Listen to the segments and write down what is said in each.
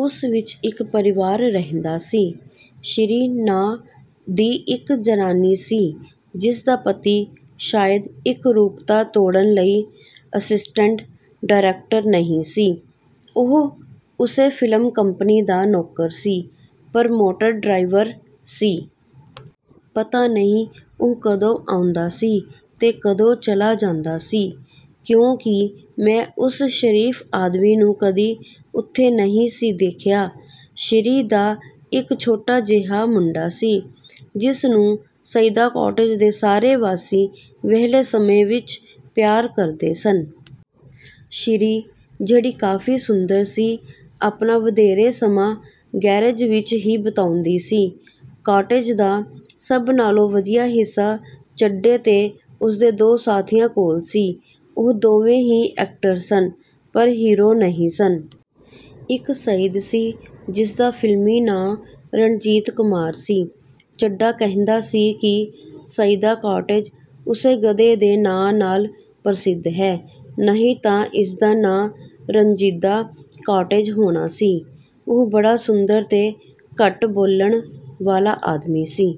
ਉਸ ਵਿਚ ਇਕ ਪਰਿਵਾਰ ਰਹਿੰਦਾ ਸੀ। ਸ਼ੀਰੀਂ ਨਾਂਅ ਦੀ ਇਕ ਜ਼ਨਾਨੀ ਸੀ, ਜਿਸ ਦਾ ਪਤੀ ਸ਼ਾਇਦ ਇਕਰੂਪਤਾ ਤੋੜਨ ਲਈ ਅਸਿਸਟੈਂਟ ਡਾਇਰੈਕਟਰ ਨਹੀਂ ਸੀ। ਉਹ ਉਸੇ ਫ਼ਿਲਮ ਕੰਪਨੀ ਦਾ ਨੌਕਰ ਸੀ, ਪਰ ਮੋਟਰ ਡਰਾਈਵਰ ਸੀ। ਪਤਾ ਨਹੀਂ ਉਹ ਕਦੋਂ ਆਉਂਦਾ ਸੀ ਤੇ ਕਦੋਂ ਚਲਾ ਜਾਂਦਾ ਸੀ, ਕਿਉਂਕਿ ਮੈਂ ਉਸ ਸ਼ਰੀਫ ਆਦਮੀ ਨੂੰ ਕਦੀ ਉੱਥੇ ਨਹੀਂ ਸੀ ਦੇਖਿਆ। ਸ਼ੀਰੀਂ ਦਾ ਇਕ ਛੋਟਾ ਜਿਹਾ ਮੁੰਡਾ ਸੀ, ਜਿਸਨੂੰ ਸਈਦਾ ਕਾਟੇਜ ਦੇ ਸਾਰੇ ਵਾਸੀ ਵਿਹਲੇ ਸਮੇਂ ਵਿਚ ਪਿਆਰ ਕਰਦੇ ਸਨ। ਸ਼ੀਰੀਂ, ਜਿਹੜੀ ਕਾਫੀ ਸੁੰਦਰ ਸੀ, ਆਪਣਾ ਵਧੇਰੇ ਸਮਾਂ ਗੈਰੇਜ ਵਿਚ ਹੀ ਬਿਤਾਉਂਦੀ ਸੀ। ਕਾਟੇਜ ਦਾ ਸਭ ਨਾਲੋਂ ਵਧੀਆ ਹਿੱਸਾ ਚੱਡੇ ਤੇ ਉਸਦੇ ਦੋ ਸਾਥੀਆਂ ਕੋਲ ਸੀ। ਉਹ ਦੋਵੇਂ ਵੀ ਐਕਟਰ ਸਨ, ਪਰ ਹੀਰੋ ਨਹੀਂ ਸਨ। ਇਕ ਸਈਦ ਸੀ, ਜਿਸਦਾ ਫਿਲਮੀ ਨਾਂ ਰਣਜੀਤ ਕੁਮਾਰ ਸੀ। ਚੱਡਾ ਕਹਿੰਦਾ ਸੀ ਕਿ ਸਈਦਾ ਕਾਟੇਜ ਉਸੇ ਗਧੇ ਦੇ ਨਾਂਅ ਨਾਲ ਪ੍ਰਸਿੱਧ ਹੈ, ਨਹੀਂ ਤਾਂ ਇਸਦਾ ਨਾਂਅ 'ਰੰਜੀਦਾ ਕਾਟੇਜ' ਹੋਣਾ ਸੀ। ਉਹ ਬੜਾ ਸੁੰਦਰ ਤੇ ਘੱਟ ਬੋਲਣ ਵਾਲਾ ਆਦਮੀ ਸੀ।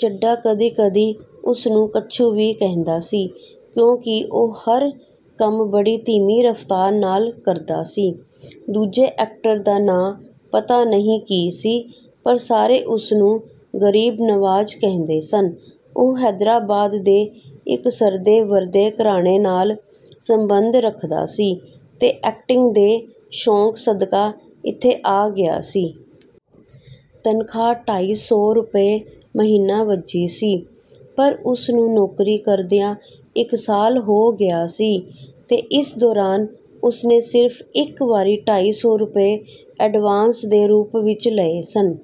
ਚੱਡਾ ਕਦੀ-ਕਦੀ ਉਸਨੂੰ ਕੱਛੂ ਵੀ ਕਹਿੰਦਾ ਸੀ, ਕਿਉਂਕਿ ਉਹ ਹਰ ਕੰਮ ਬੜੀ ਧੀਮੀ ਰਫ਼ਤਾਰ ਨਾਲ ਕਰਦਾ ਸੀ। ਦੂਜੇ ਐਕਟਰ ਦਾ ਨਾਂਅ ਪਤਾ ਨਹੀਂ ਕੀ ਸੀ, ਪਰ ਸਾਰੇ ਉਸਨੂੰ ਗਰੀਬ ਨਵਾਜ ਕਹਿੰਦੇ ਸਨ। ਉਹ ਹੈਦਰਾਬਾਦ ਦੇ ਇਕ ਸਰਦੇ-ਵਰਦੇ ਘਰਾਣੇ ਨਾਲ ਸੰਬੰਧ ਰੱਖਦਾ ਸੀ ਤੇ ਐਕਟਿੰਗ ਦੇ ਸ਼ੌਕ ਸਦਕਾ ਇੱਥੇ ਆ ਗਿਆ ਸੀ। ਤਨਖ਼ਾਹ ਢਾਈ ਸੌ ਰੁਪਏ ਮਹੀਨਾ ਵੱਝੀ ਸੀ, ਪਰ ਉਸਨੂੰ ਨੌਕਰੀ ਕਰਦਿਆਂ ਇਕ ਸਾਲ ਹੋ ਗਿਆ ਸੀ ਤੇ ਇਸ ਦੌਰਾਨ ਉਸਨੇ ਸਿਰਫ ਇਕ ਵਾਰੀ ਢਾਈ ਸੌ ਰੁਪਏ ਐਡਵਾਂਸ ਦੇ ਰੂਪ ਵਿਚ ਲਏ ਸਨ।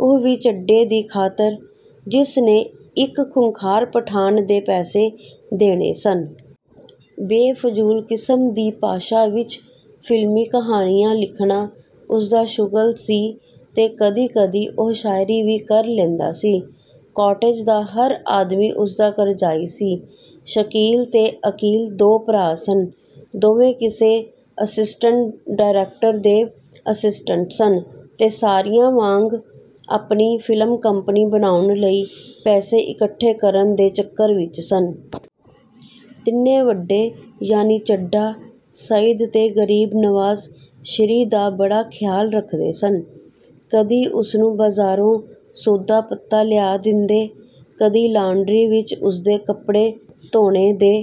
ਉਹ ਵੀ ਚੱਡੇ ਦੀ ਖਾਤਰ, ਜਿਸਨੇ ਇਕ ਖ਼ੂੰਖਾਰ ਪਠਾਨ ਦੇ ਪੈਸੇ ਦੇਣੇ ਸਨ। ਬੇਫਜੂਲ ਕਿਸਮ ਦੀ ਭਾਸ਼ਾ ਵਿਚ ਫ਼ਿਲਮੀ ਕਹਾਣੀਆਂ ਲਿਖਣਾ ਉਸਦਾ ਸ਼ੁਗਲ ਸੀ ਤੇ ਕਦੀ-ਕਦੀ ਉਹ ਸ਼ਾਇਰੀ ਵੀ ਕਰ ਲੈਂਦਾ ਸੀ। ਕਾਟੇਜ਼ ਦਾ ਹਰ ਆਦਮੀ ਉਸਦਾ ਕਰਜਾਈ ਸੀ। ਸ਼ਕੀਲ ਤੇ ਅਕੀਲ ਦੋ ਭਰਾ ਸਨ। ਦੋਵੇਂ ਕਿਸੇ ਅਸਿਸਟੈਂਟ ਡਾਇਰੈਕਟਰ ਦੇ ਅਸਿਸਸਟੈਂਟ ਸਨ ਤੇ ਸਾਰਿਆਂ ਵਾਂਗ ਆਪਣੀ ਫ਼ਿਲਮ ਕੰਪਨੀ ਬਣਾਉਣ ਲਈ ਪੈਸੇ ਇਕੱਠੇ ਕਰਨ ਦੇ ਚੱਕਰ ਵਿਚ ਸਨ। ਤਿੰਨੇ ਵੱਡੇ ਯਾਨੀ ਚੱਡਾ, ਸਈਦ ਤੇ ਗਰੀਬ ਨਵਾਜ਼ ਸ਼ੀਂਰੀ ਦਾ ਬੜਾ ਖ਼ਿਆਲ ਰੱਖਦੇ ਸਨ। ਕਦੀ ਉਸਨੂੰ ਬਾਜ਼ਾਰੋਂ ਸੌਦਾ-ਪੱਤਾ ਲਿਆ ਦਿੰਦੇ, ਕਦੀ ਲਾਂਡਰੀ ਵਿਚ ਉਸਦੇ ਕੱਪੜੇ ਧੋਣੇ ਦੇ